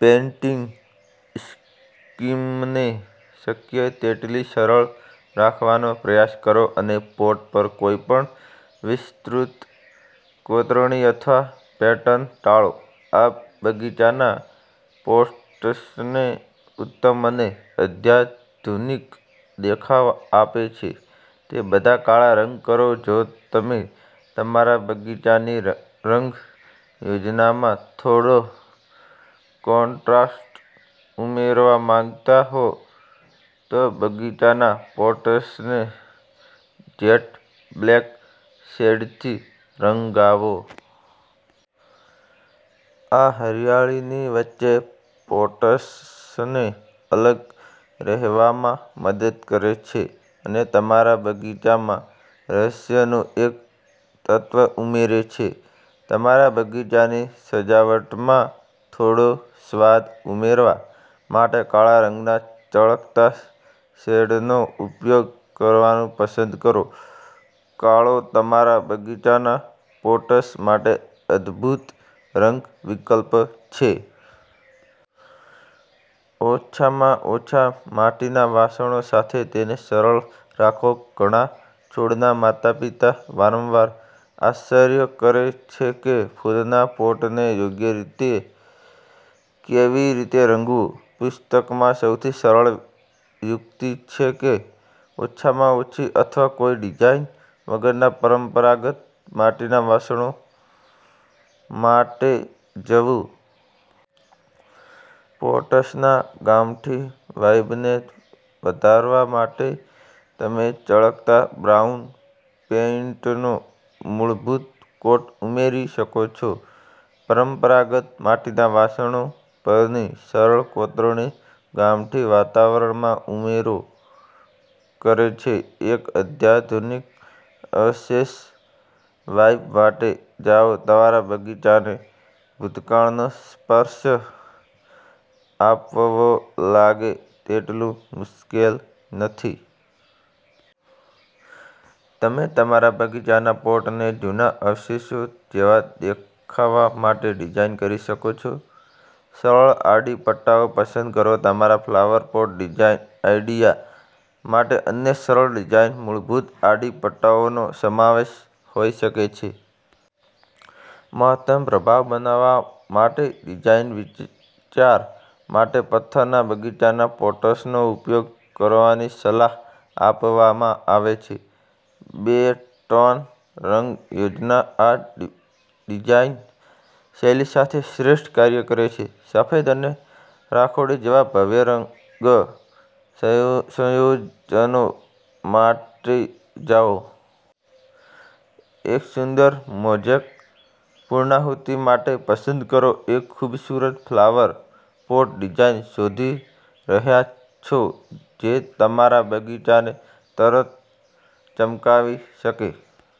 Painting સ્કીમને શક્ય તેટલી સરળ રાખવાનો પ્રયાસ કરો અને પોટ પર કોઈપણ વિસ્તૃત કોતરણી અથવા પેટર્ન ટાળો. આ બગીચાના પોટ્સને ઉત્તમ અને અત્યાધુનિક દેખાવ આપે છે. તે બધા કાળા રંગ કરો જો તમે તમારા બગીચાની રંગ યોજનામાં થોડો કોન્ટ્રાસ્ટ ઉમેરવા માંગતા હો, તો બગીચાના પોટ્સને જેટ બ્લેક શેડથી રંગાવો. આ હરિયાળીની વચ્ચે પોટ્સને અલગ રહેવામાં મદદ કરે છે અને તમારા બગીચામાં રહસ્યનું એક તત્વ ઉમેરે છે. તમારા બગીચાની સજાવટમાં થોડો સ્વાદ ઉમેરવા માટે કાળા રંગના ચળકતા શેડનો ઉપયોગ કરવાનું પસંદ કરો. કાળો તમારા બગીચાના પોટ્સ માટે અદભૂત રંગ વિકલ્પ છે. ઓછામાં ઓછા માટીના વાસણો સાથે તેને સરળ રાખો ઘણા છોડના માતાપિતા વારંવાર આશ્ચર્ય કરે છે કે ફૂલના પોટને યોગ્ય રીતે કેવી રીતે રંગવું. પુસ્તકમાં સૌથી સરળ યુક્તિ છે કે ઓછામાં ઓછી અથવા કોઈ ડિઝાઇન વગરના પરંપરાગત માટીના વાસણો માટે જવું. પોટ્સના ગામઠી વાઇબને વધારવા માટે તમે ચળકતા બ્રાઉન પેઇન્ટનો મૂળભૂત કોટ ઉમેરી શકો છો. પરંપરાગત માટીના વાસણો પરની સરળ કોતરણી ગામઠી વાતાવરણમાં ઉમેરો કરે છે. એક અત્યાધુનિક અવશેષ વાઇબ માટે જાઓ તમારા બગીચાને ભૂતકાળનો સ્પર્શ આપવો લાગે તેટલું મુશ્કેલ નથી. તમે તમારા બગીચાના પોટને જૂના અવશેષો જેવા દેખાવા માટે ડિઝાઇન કરી શકો છો. સરળ આડી પટ્ટાઓ પસંદ કરો તમારા ફ્લાવર પોટ ડિઝાઇન આઇડિયા માટે અન્ય સરળ ડિઝાઇન મૂળભૂત આડી પટ્ટાઓનો સમાવેશ હોઈ શકે છે. મહત્તમ પ્રભાવ બનાવવા માટે ડિઝાઇન વિચાર માટે પથ્થરના બગીચાના પોટ્સનો ઉપયોગ કરવાની સલાહ આપવામાં આવે છે. બે-ટોન રંગ યોજના આ ડિઝાઇન શૈલી સાથે શ્રેષ્ઠ કાર્ય કરે છે. સફેદ અને રાખોડી જેવા ભવ્ય રંગ સંયોજનો માટે જાઓ. એક સુંદર મોઝેક પૂર્ણાહુતિ માટે પસંદ કરો એક ખૂબસૂરત ફ્લાવર પોટ ડિઝાઇન શોધી રહ્યાં છો જે તમારા બગીચાને તરત ચમકાવી શકે?